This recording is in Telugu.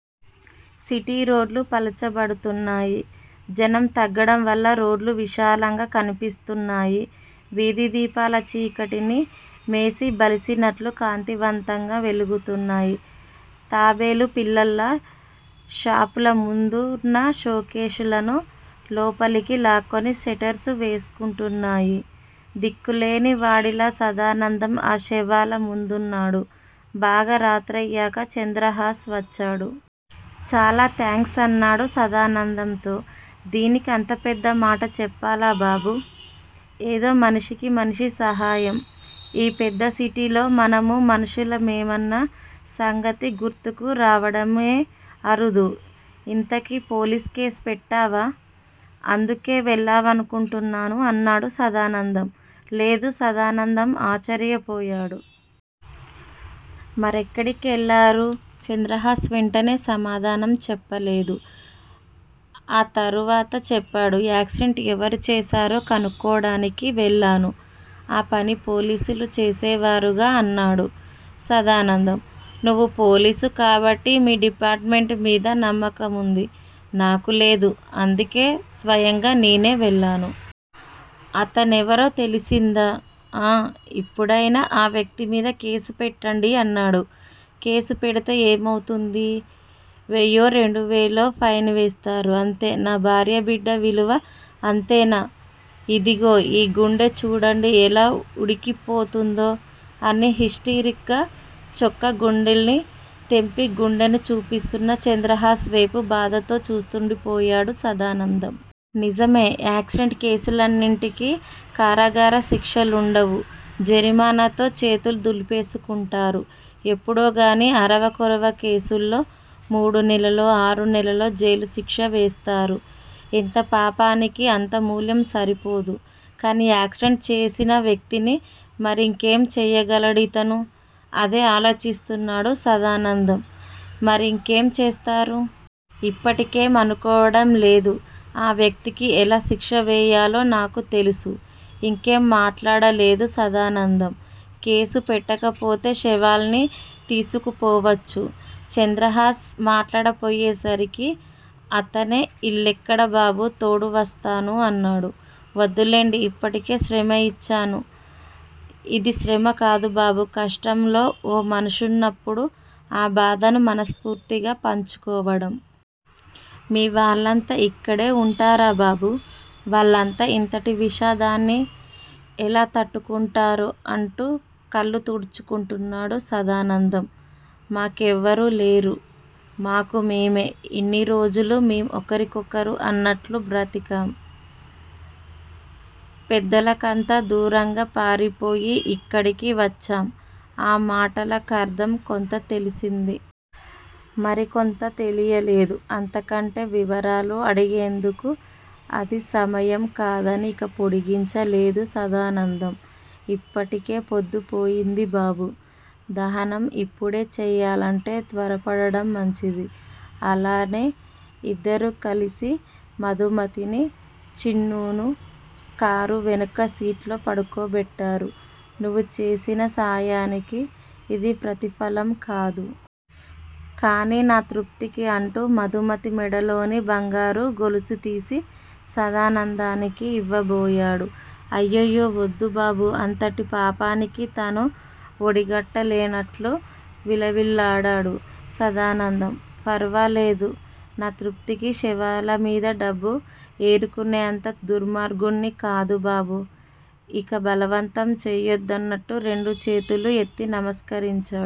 సిటీరోడ్లు పలచబడుతున్నాయి. జనం తగ్గడం వల్ల రోడ్లు విశాలంగా కనిపిస్తున్నాయి. వీధి దీపాలు చీకటిని మేసి బలిసినట్లు కాంతివంతంగా వెలుగుతున్నాయి. తాబేలు పిల్లల్లా షాప్ ల ముందున్న షోకేసులను లోపలికి లాక్కుని షట్టర్స్ వేసుకుంటున్నాయి. దిక్కులేనివాడిలా సదానందం ఆ శవాల ముందున్నాడు. బాగా రాత్రయ్యాక చంద్రహాస్ వచ్చాడు. చాలా థాంక్స్ అన్నాడు సదానందంతో. దీనికి అంత పెద్ద మాట చెప్పాలా బాబూ! ఏదో మనిషికి మనిషి సహాయం. ఈ పెద్ద సిటీలో మనమూ మనుషుల మేనన్న సంగతి గుర్తుకు రావడమే అరుదు. ఇంతకీ పోలీస్ కేసు పెట్టావా? అందుకే వెళ్ళావనుకుంటున్నాను అన్నాడు సదానందం. లేదు సదానందం ఆశ్చర్యపోయాడు. మరెక్కడికి వెళ్ళారు? చంద్రహాస్ వెంటనే సమాధానం చెప్పలేదు. ఆ తరువాత చెప్పాడు. యాక్సిడెంట్ ఎవరు చేశారో కనుక్కోవడానికి వెళ్ళాను. ఆ పని పోలీసులు చేసేవారుగా అన్నాడు సదానందం. నువ్వు పోలీసు కాబట్టి మీ డిపార్ట్ మెంట్ మీద నమ్మకముంది. నాకు లేదు అందుకే స్వయంగా నేనే వెళ్ళాను. అతనెవరో తెలిసిందా? ఆఁ ఇప్పుడయినా ఆ వ్యక్తిమీద కేసు పెట్టండి అన్నాడు. కేసు పెడితే ఏమౌతుంది? వెయ్యో రెండువేలో ఫైన్ వేస్తారు అంతే నా భార్యా బిడ్డ విలువ అంతేనా. ఇదిగో ఈ గుండె చూడండి ఎలా ఉడికిపోతుందో అని హిస్టీరిక్ గా చొక్కా గుండీల్ని తెంపి గుండెను చూపిస్తున్న చంద్రహాస్ వేపు బాధతో చూస్తుండిపోయాడు సదానందం. నిజమే- యాక్సిడెంట్ కేసులన్నిటికీ కారాగార శిక్షలుండవు. జరిమానాతో చేతులు దులిపేసుకుంటారు. ఎప్పుడోగానీ- అరవా కొరవా కేసుల్లో మూడు నెలలో, ఆరునెలలో జైలుశిక్ష వేస్తారు. ఇంత పాపానికి అంత మూల్యం సరిపోదు. కానీ యాక్సిడెంట్ చేసిన వ్యక్తిని మరింకేం చేయగలడు ఇతను. అదే ఆలోచిస్తున్నాడు సదానందం. మరింకేం చేస్తారు? ఇప్పటికేం అనుకోవడం లేదు. ఆ వ్యక్తికి ఎలా శిక్ష వేయాలో నాకు తెలుసు. ఇంకేం మాట్లాడలేదు సదానందం. కేసు పెట్టకపోతే శవాల్ని తీసుకుపోవచ్చు. చంద్రహాస్ మాట్లాడకపోయేసరికి అతనే ఇల్లెక్కడ బాబూ తోడు వస్తాను అన్నాడు. వద్దులెండి ఇప్పటికే శ్రమ ఇచ్చాను. ఇది శ్రమ కాదు బాబూ కష్టంలో ఓ మనుషున్నప్పుడు ఆ బాధను మనస్ఫూర్తిగా పంచుకోవడం. మీ వాళ్ళంతా ఇక్కడే వుంటారా బాబూ వాళ్ళంతా ఇంతటి విషాదాన్ని ఎలా తట్టుకుంటారో అంటూ కళ్ళు తుడుచుకుంటున్నాడు సదానందం. మా కెవరూ లేరు. మాకు మేమే. ఇన్ని రోజులూ మేం ఒకరికొకరు అన్నట్లు బతికాం పెద్దలకంతా దూరంగా పారిపోయి ఇక్కడికి వచ్చాం. ఆ మాటల కర్థం కొంత తెలిసింది. మరికొంత తెలియలేదు అంతకంటే వివరాలు అడిగేందుకు అది సమయం కాదని ఇక పొడిగించలేదు సదానందం. ఇప్పటికే పొద్దుపోయింది బాబూ. దహనం ఇప్పుడే చేయాలంటే త్వరపడడం మంచిది అలానే ఇద్దరూ కలిసి మధుమతిని చిన్నూను కారు వెనక సీట్లో పడుకోబెట్టారు. నువ్వు చేసిన సాయానికి ఇది ప్రతిఫలం కాదు. కానీ నా తృప్తికి అంటూ మధుమతి మెడలోని బంగారు గొలుసుతీసి సదానందానికి ఇవ్వబోయాడు. అయ్యొయ్యో వద్దు బాబూ అంతటి పాపానికి తను ఒడిగట్టలేనట్లు విలవిల్లాడాడు సదానందం. ఫరవాలేదు నా తృప్తికి శవాలమీద డబ్బులు ఏరుకునేంత దుర్మార్గుడ్ని కాదు బాబూ ఇక బలవంతం చేయద్దన్నట్టు రెండు చేతులూ ఎత్తి నమస్కరించాడు.